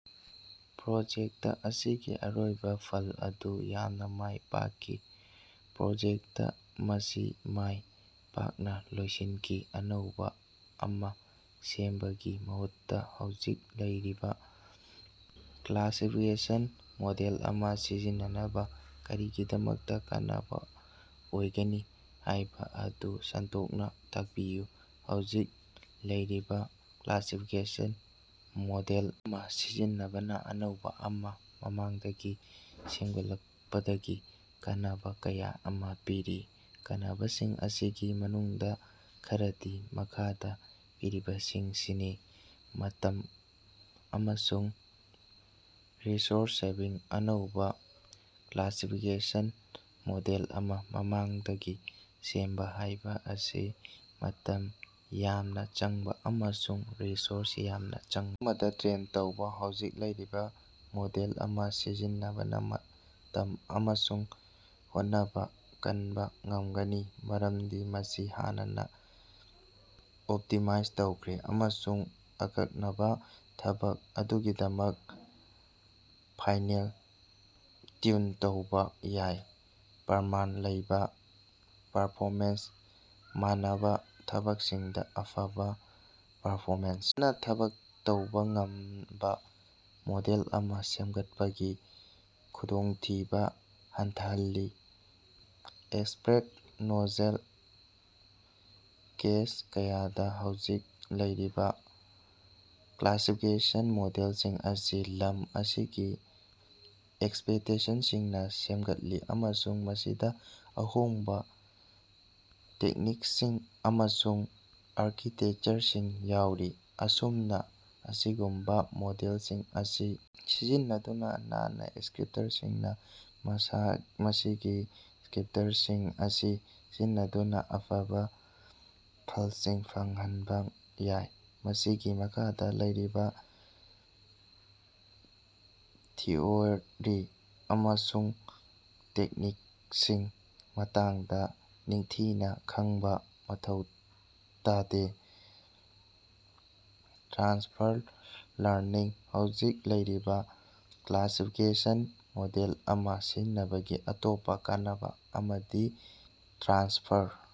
Project ꯑꯁꯤꯒꯤ ꯑꯔꯣꯏꯕꯥ ꯐꯜ ꯑꯗꯨ ꯌꯥꯝꯅꯥ ꯃꯥꯏ ꯄꯥꯛꯈꯤ꯫ ꯄ꯭ꯔꯣꯖꯦꯛꯇ ꯑꯁꯤ ꯃꯥꯢ ꯄꯥꯛꯅꯥ ꯂꯣꯏꯁꯤꯟꯈꯤ꯫ꯑꯅꯧꯕꯥ ꯑꯃꯥ ꯁꯦꯝꯕꯒꯤ ꯃꯍꯨꯠꯇꯥ ꯍꯧꯖꯤꯛ ꯂꯩꯔꯤꯕꯥ ꯀ꯭ꯂꯥꯁꯤꯐꯤꯀꯦꯁꯟ ꯃꯣꯗꯦꯜ ꯑꯃꯥ ꯁꯤꯖꯤꯟꯅꯕꯅꯥ ꯀꯔꯤꯒꯤꯗꯃꯛꯇꯥ ꯀꯥꯟꯅꯕꯥ ꯑꯣꯏꯒꯅꯤ ꯍꯥꯏꯕꯗꯨ ꯁꯟꯗꯣꯛꯅꯥ ꯇꯥꯛꯄꯤꯌꯨ꯫ ꯍꯧꯖꯤꯛ ꯂꯩꯔꯤꯕꯥ ꯀ꯭ꯂꯥꯁꯤꯐꯤꯀꯦꯁꯟ ꯃꯣꯗꯦꯜ ꯑꯃꯥ ꯁꯤꯖꯤꯟꯅꯕꯅꯥ ꯑꯅꯧꯕꯥ ꯑꯃꯥ ꯃꯃꯥꯡꯗꯒꯤ ꯁꯦꯝꯒꯠꯄꯗꯒꯤ ꯀꯥꯟꯅꯕꯥ ꯀꯌꯥ ꯑꯃꯥ ꯄꯤꯔꯤ꯫ ꯀꯥꯟꯅꯕꯁꯤꯡ ꯑꯁꯤꯒꯤ ꯃꯅꯨꯡꯗꯥ ꯈꯔꯗꯤ ꯃꯈꯥꯗꯥ ꯄꯤꯔꯤꯕꯁꯤꯡꯁꯤꯅꯤ: ꯃꯇꯝ ꯑꯃꯁꯨꯡ ꯔꯤꯁꯣꯔꯁ-ꯁꯦꯚꯤꯡ: ꯑꯅꯧꯕꯥ ꯀ꯭ꯂꯥꯁꯤꯐꯤꯀꯦꯁꯟ ꯃꯣꯗꯦꯜ ꯑꯃꯥ ꯃꯃꯥꯡꯗꯒꯤ ꯁꯦꯝꯕꯥ ꯍꯥꯏꯕꯁꯤ ꯃꯇꯝ ꯌꯥꯝꯅꯥ ꯆꯪꯕꯥ ꯑꯃꯁꯨꯡ ꯔꯤꯁꯣꯔꯁ ꯌꯥꯝꯅꯥ ꯆꯪꯕꯥ ꯑꯃꯗꯥ ꯇ꯭ꯔꯦꯟ ꯇꯧꯕꯥ ꯍꯧꯖꯤꯛ ꯂꯩꯔꯤꯕꯥ ꯃꯣꯗꯦꯜ ꯑꯃꯥ ꯁꯤꯖꯤꯟꯅꯕꯅꯥ ꯃꯇꯝ ꯑꯃꯁꯨꯡ ꯍꯣꯠꯅꯕꯥ ꯀꯟꯕꯥ ꯉꯝꯒꯅꯤ꯫ ꯃꯔꯝꯗꯤ ꯃꯁꯤ ꯍꯥꯟꯅꯅꯥ ꯑꯣꯞꯇꯤꯃꯥꯏꯖ ꯇꯧꯈ꯭ꯔꯦ꯫ ꯑꯃꯁꯨꯡ ꯑꯀꯛꯅꯕꯥ ꯊꯕꯛ ꯑꯗꯨꯒꯤꯗꯃꯛ ꯐꯥꯏꯅꯦꯜ ꯇ꯭ꯌꯨꯟ ꯇꯧꯕꯥ ꯌꯥꯏ꯫ ꯄ꯭ꯔꯃꯥꯟ ꯂꯩꯕꯥ ꯄꯔꯐꯣꯃꯦꯟꯁ: ꯃꯥꯟꯅꯕꯥ ꯊꯕꯛꯁꯤꯡꯗꯥ ꯑꯐꯕꯥ ꯄꯔꯐꯣꯃꯦꯟꯁ ꯐꯖꯅꯥ ꯊꯕꯛ ꯇꯧꯕꯥ ꯉꯝꯗꯕꯥ ꯃꯣꯗꯦꯜ ꯑꯃꯥ ꯁꯦꯝꯒꯠꯄꯒꯤ ꯈꯨꯗꯣꯡꯊꯤꯕꯥ ꯍꯟꯊꯍꯜꯂꯤ꯫ ꯑꯦꯛꯁꯄ꯭ꯔꯠ ꯅꯣꯂꯦꯖ: ꯀꯦꯁ ꯀꯌꯥꯗꯥ ꯍꯧꯖꯤꯛ ꯂꯩꯔꯤꯕꯥ ꯀ꯭ꯂꯥꯁꯤꯐꯤꯀꯦꯁꯟ ꯃꯣꯗꯦꯂꯁꯤꯡ ꯑꯁꯤ ꯂꯝ ꯑꯁꯤꯒꯤ ꯑꯦꯛꯁꯄꯔꯇꯁꯤꯡꯅꯥ ꯁꯦꯃꯒꯠꯂꯤ ꯑꯃꯁꯨꯡ ꯃꯁꯤꯗꯥ ꯑꯍꯣꯡꯕꯥ ꯇꯦꯛꯅꯤꯀꯁꯤꯡ ꯑꯃꯁꯨꯡ ꯑꯥꯔꯀꯤꯇꯦꯀꯆꯔꯁꯤꯡ ꯌꯥꯎꯔꯤ꯫ ꯑꯁꯨꯝꯅꯥ, ꯑꯁꯤꯒꯨꯝꯕꯥ ꯃꯣꯗꯦꯜꯁꯤꯡ ꯑꯁꯤ ꯁꯤꯖꯤꯟꯅꯗꯨꯅꯥ, ꯅꯟ-ꯑꯦꯛꯁꯄꯔꯇꯁꯤꯡꯅꯥ ꯃꯁꯤꯒꯤ ꯑꯦꯛꯁꯄꯔꯇꯁꯤꯡ ꯑꯁꯤ ꯁꯤꯖꯤꯟꯅꯗꯨꯅꯥ ꯑꯐꯕꯥ ꯐꯜꯁꯤꯡ ꯐꯪꯍꯟꯕꯥ ꯌꯥꯏ꯫ ꯃꯁꯤꯒꯤ ꯃꯈꯥꯗꯥ ꯂꯩꯔꯤꯕꯥ ꯊꯤꯑꯣꯔꯤ ꯑꯃꯁꯨꯡ ꯇꯦꯛꯅꯤꯀꯁꯤꯡꯒꯤ ꯃꯇꯥꯡꯗꯥ ꯅꯤꯡꯊꯤꯅꯥ ꯈꯪꯕꯥ ꯃꯊꯧ ꯇꯥꯗꯦ꯫ ꯇ꯭ꯔꯥꯟꯁꯐꯔ ꯂꯔꯅꯤꯡ: ꯍꯧꯖꯤꯛ ꯂꯩꯔꯤꯕꯥ ꯀ꯭ꯂꯥꯁꯤꯐꯤꯀꯦꯁꯟ ꯃꯣꯗꯦꯜ ꯑꯃꯥ ꯁꯤꯖꯤꯟꯅꯕꯒꯤ ꯑꯇꯣꯞꯄꯥ ꯀꯥꯟꯅꯕꯥ ꯑꯃꯗꯤ ꯇ꯭ꯔꯥꯟꯁꯐꯔ